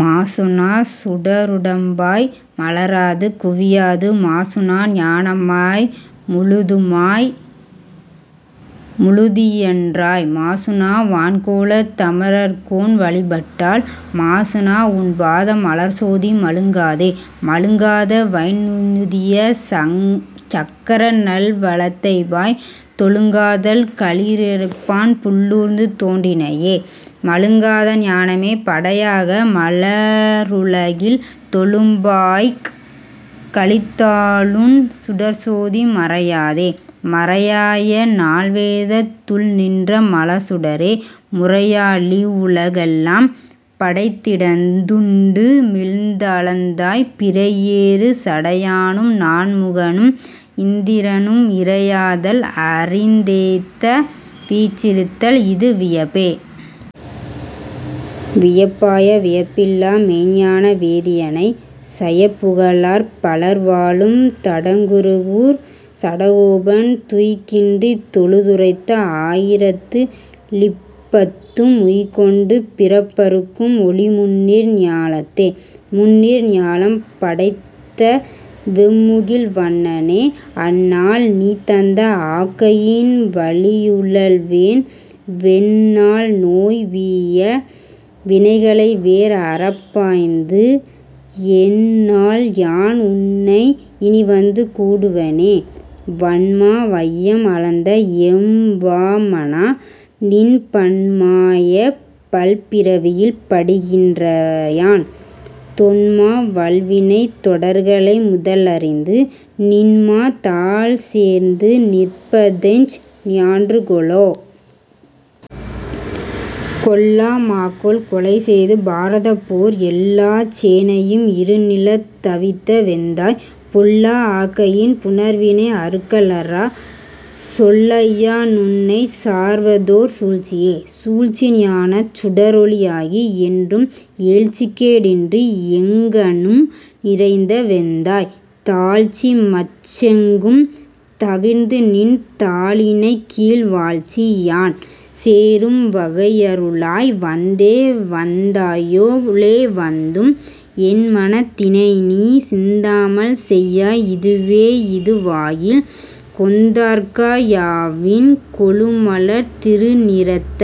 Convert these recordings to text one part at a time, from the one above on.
மாசூணாச் சுடருடம்பாய் மலராது குவியாது, மாசூணா ஞானமாய் முழுதுமாய் முழுதியன்றாய், மாசூணா வான்கோலத் தமரர்க்கோன் வழிபட்டால், மாசூணா உன்பாத மலர்சோதி மழுங்காதே?.. மழுங்காத வைந்நுதிய சக்கரநல் வலத்தையாய், தொழுங்காதல் களிறளிப்பான் புள்ளூர்ந்து தோன்றினையே, மழுங்காத ஞானமே படையாக, மலருலகில் தொழும்பாயார்க் களித்தாலுன் சுடர்ச்சோதி மறையாதே?.. மறையாய நால்வேதத் துள்நின்ற மலர்சுடரே, முறையாலிவ் வுலகெல்லாம் படைத்திடந்துண் டுமிழ்ந்தளந்தாய், பிறையேறு சடையானும் நான்முகனும் இந்திரனும் இறையாதல் அறிந்தேத்த வீற்றிருத்தல் இதுவியப்பே?. வியப்பாய வியப்பில்லா மெய்ஞ்ஞான வேதியனை, சயப்புகழார் பலர்வாழும் தடங்குருகூர் சடகோபன், துயக்கின்றித் தொழுதுரைத்த ஆயிரத்து ளிப்பத்தும், உயக்கொண்டு பிறப்பறுக்கும் ஒலிமுந்நீர் ஞாலத்தே. முந்நீர் ஞாலம் படைத்தவெம் முகில்வண்ணனே, அந்நாள்நீ தந்த ஆக்கையின் வழியுழல்வேன், வெந்நாள்நோய் வீய வினைகளைவேர் அறப்பாய்ந்து, எந்நாள்யான் உன்னை இனிவந்து கூடுவனே?.. வன்மா வையம் அளந்த எம் வாமனா, நின் பன்மா மாயப் பல்பிறவியில் படிகின்றயான், தொன்மா வல்வினைத் தொடர்களை முதலரிந்து, நின்மாதாள் சேர்ந்து நிற்பதெஞ் ஞான்றுகொலோ?.. கொல்லா மாக்கோல் கொலைசெய்து பாரதப்போர், எல்லாச் சேனையும் இருநிலத் தவித்தவெந்தாய், பொல்லா ஆக்கையின் புணர்வினை அறுக்கலறா, சொல்லாய்யா னுன்னைச் சார்வதோர் சூழ்ச்சியே... சூழ்ச்சி ஞானச் சுடரொளி யாகி, என்றும் ஏழ்ச்சிக்கே டின்றி எங்கணும் நிறைந்தவெந்தாய், தாழ்ச்சிமற் றெங்கும் தவிர்ந்துநின் தாளிணக்கீழ் வாழ்ச்சி, யான் சேரும் வகையருளாய் வந்தே... வந்தாய்போ லேவந்தும் என்மனத் தினைநீ, சிந்தாமல் செய்யாய் இதுவே யிதுவாகில், கொந்தார்க்கா யாவின் கொழுமலர்த் திருநிறத்த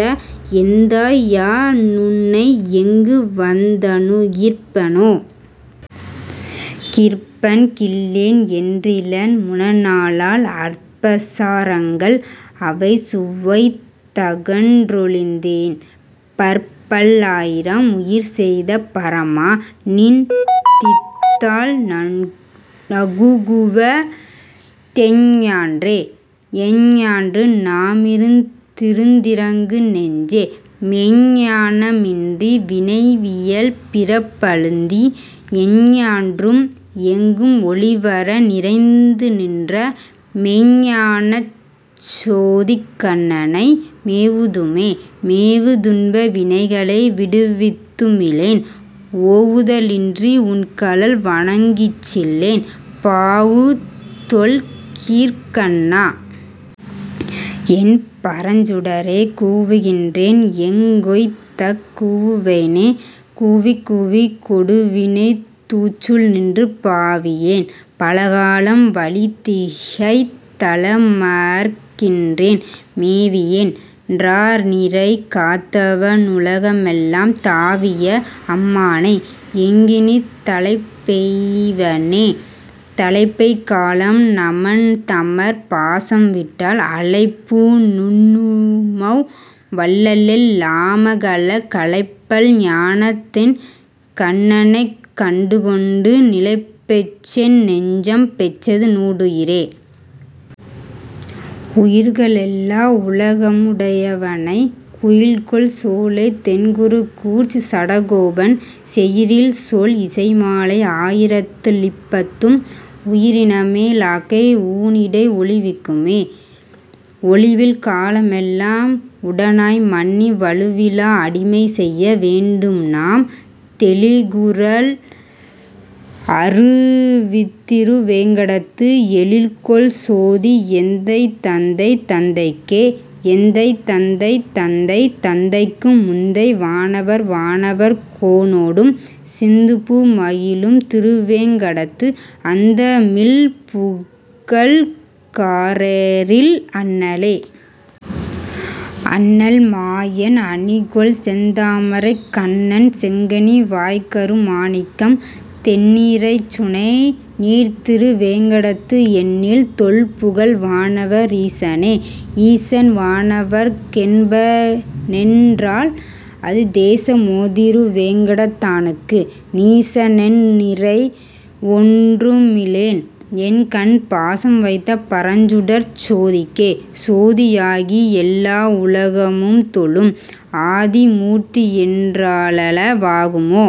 எந்தாய், யா னுன்னை எங்குவந் தணுகிற்பனே?.. கிற்பன் கில்லேன் என்றிலன் முனநாளால், அற்பசா ரங்கள் அவைசுவைத் தகன்றொழிந்தேன், பற்பல் லாயிரம் உயிர்செய்த பரமா, நின் தித்தாள் நணுகுவ தெஞ்ஞான்றே?.. எஞ்ஞான்று நாமிருந் திருந்திரங்கி நெஞ்சே. மெய்ஞ்ஞான மின்றி வினையியல் பிறப்பழுந்தி, எஞ்ஞான்றும் எங்கும் ஒழிவற நிறைந்துநின்ற, மெய்ஞ்ஞானச் சோதிக் கண்ணனை மேவுதுமே?.. மேவு துன்ப வினைகளை விடுத்துமிலேன், ஓவுத லின்றி உன்கழல் வணங்கிற்றிலேன், பாவுதொல் சீர்க்கண்ணா. என் பரஞ்சுடரே, கூவுகின்றேன் எங்கொய்தக் கூவுவனே?.. கூவிக்கூவிக் கொடுவினைத் தூற்றுள் நின்று பாவியேன் பலகாலம் வழிதிகைத் தலமர்க்கின்றேன், மேவியன் றாநிரை காத்தவ னுலகமெல்லாம், தாவிய அம்மானை எங்கினித் தலைப்பெய்வனே?.. தலைப்பெய் காலம் நமன்தமர் பாசம்விட்டால், அலைப்பூ ணுண்ணுமவ் வல்லலெல் லாமகல, கலைப்பல் ஞானத்தென் கண்ணனைக் கண்டுகொண்டு, நிலைப்பெற்றென் னெஞ்சம் பெற்றது நீடுயிரே.. உயிர்க ளெல்லா உலகமு முடையவனை, குயில்கொள் சோலைத் தென்குருகூர்ச் சடகோபன், செயிரில்சொல் இசைமாலை ஆயிரத்து ளிப்பத்தும், உயிரின்மே லாக்கை ஊனிடை ஒழிவிக்குமே. ஒழிவில் காலமெல்லாம் உடனாய் மன்னி, வழுவிலா அடிமை செய்ய வேண்டும்நாம், தெழிகு ரல்அரு வித்திரு வேங்கடத்து, எழில்கொள் சோதி எந்தைதந்தை தந்தைக்கே. எந்தை தந்தை தந்தை தந்தைக்கும் முந்தை, வானவர் வானவர் கோனொடும், சிந்துபூ மகிழும் திருவேங் கடத்து, அந்த மில்புகழ்க் காரெழில் அண்ணலே.. அண்ணல் மாயன் அணிகொள்செந் தாமரைக் கண்ணன், செங்கனி வாய்க்கரு மாணிக்கம், தெண்ணி றைச்சுனை நீர்த்திரு வேங்கடத்து, எண்ணில் தொல்புகழ் வானவ ரீசனே.. ஈசன் வானவர்க் கென்பனென் றால், அது தேச மோதிரு வேங்கடத் தானுக்கு?, நீச னென்நிறை வொன்றுமி லேன், என்கண் பாசம் வைத்த பரஞ்சுடர்ச் சோதிக்கே.. சோதி யாகியெல் லாவுல கும்தொழும், ஆதி மூர்த்தியென் றாலள வாகுமோ?,